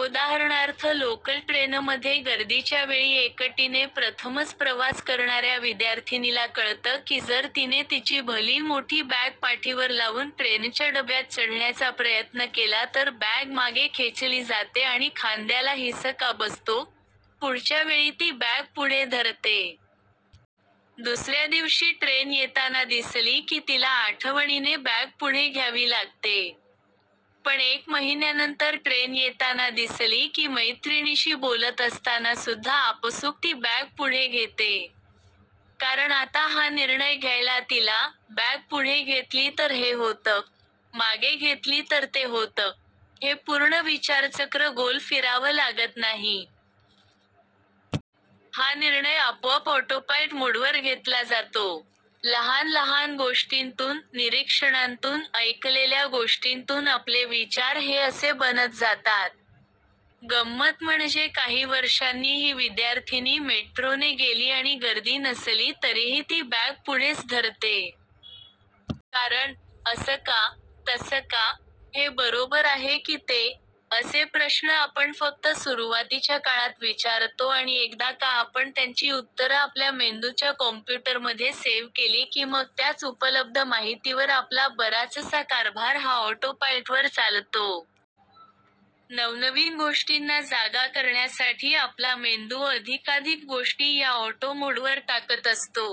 उदाहरणार्थ लोकल ट्रेनमध्ये गर्दीच्या वेळी एकटीने प्रथमच प्रवास करणाऱ्या विद्यार्थिनीला कळतं की जर तिने तिची भली मोठी बॅग पाठीवर लावून ट्रेनच्या डब्यात चढण्याचा प्रयत्न केला तर बॅग मागे खेचली जाते आणि खांद्याला हिसका बसतो, पुढच्या वेळी ती बॅग पुढे धरते. दुसऱ्या दिवशी ट्रेन येताना दिसली की तिला आठवणीने बॅग पुढे घ्यावी लागते. पण एक महिन्यानंतर ट्रेन येताना दिसली की मैत्रिणीशी बोलत असतानासुद्धा आपसूक ती बॅग पुढे घेते. कारण आता हा निर्णय घ्यायला तिला, बॅग पुढे घेतली तर हे होतं, मागे घेतली तर ते होतं, हे पूर्ण विचारचक्र गोल फिरावं लागत नाही. हा निर्णय आपोआप ऑटोपायलट मोडवर घेतला जातो. लहान लहान गोष्टींतून, निरीक्षणांतून, ऐकलेल्या गोष्टींतून आपले विचार हे असे बनत जातात. गंमत म्हणजे काही वर्षांनी ही विद्यार्थिनी मेट्रोने गेली आणि गर्दी नसली तरीही ती बॅग पुढेच धरते. कारण, असं का, तसं का, हे बरोबर आहे की ते, असे प्रश्न आपण फक्त सुरुवातीच्या काळात विचारतो आणि एकदा का आपण त्यांची उत्तरं आपल्या मेंदूच्या कॉम्प्युटरमध्ये सेव्ह केली की मग त्याच उपलब्ध माहितिवर आपला बराचसा कारभार हा ऑटोपायलटवर चालतो. नवनवीन गोष्टींना जागा करण्यासाठी आपला मेंदू अधिकाधिक गोष्टी या ऑटो मोडवर टाकत असतो.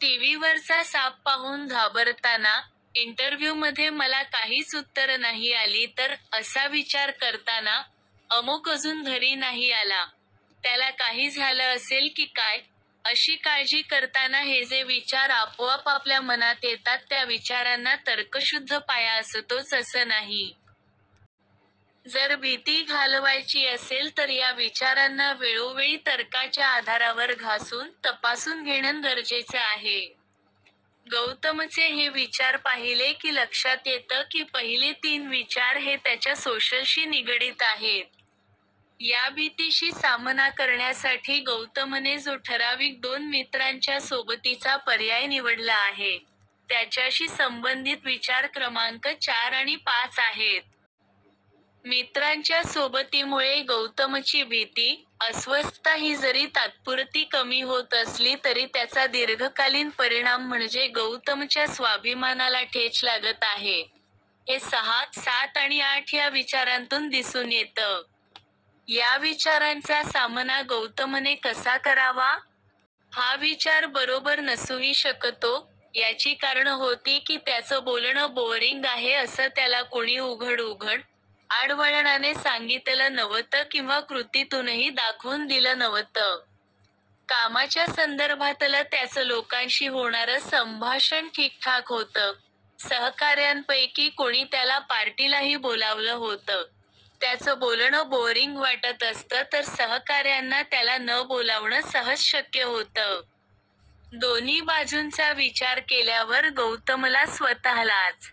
टीव्हीवरचा साप पाहून घाबरताना, इंटरव्ह्यूमध्ये मला काहीच उत्तरं नाही आली तर, असा विचार करताना, अमूक अजून घरी नाही आला, त्याला काही झालं असेल की काय, अशी काळजी करताना हे जे विचार आपोआप आपल्या मनात येतात त्या विचारांना तर्कशुद्ध पाया असतोच असं नाही. जर भीती घालवायची असेल तर या विचारांना वेळोवेळी तर्काच्या आधारावर घासून, तपासून घेणं गरजेचं आहे. गौतमचे हे विचार पाहिले की लक्षात येतं की पहिले तीन विचार हे त्याच्या सोशलशी निगडीत आहेत. या भीतीशी सामना करण्यासाठी गौतमने जो ठराविक दोन मित्रांच्या सोबतीचा पर्याय निवडला आहे, त्याच्याशी संबंधित विचार क्रमांक चार आणि पाच आहेत. मित्रांच्या सोबतीमुळे गौतमची भीती, अस्वस्थता ही जरी तात्पुरती कमी होत असली तरी त्याचा दीर्घकालीन परिणाम म्हणजे गौतमच्या स्वाभिमानाला ठेच लागत आहे, हे सहा, सात आणि आठ या विचारांतून दिसून येतं. या विचारांचा सामना गौतमने कसा करावा? हा विचार बरोबर नसूही शकतो, याची कारणं होती की त्याचं बोलणं बोअरिंग आहे असं त्याला कोणी उघड उघड, आड वळणाने सांगितलं नव्हतं किंवा कृतीतूनही दाखवून दिलं नव्हतं. कामाच्या संदर्भातलं त्याचं लोकांशी होणारं संभाषण ठीकठाक होतं, सहकाऱ्यांपैकी कोणी त्याला पार्टीलाही बोलावलं होतं, त्याचं बोलणं बोअरिंग वाटत असतं तर सहकाऱ्यांना त्याला न बोलावणं सहज शक्य होतं. दोन्ही बाजूंचा विचार केल्यावर गौतमला स्वतःलाच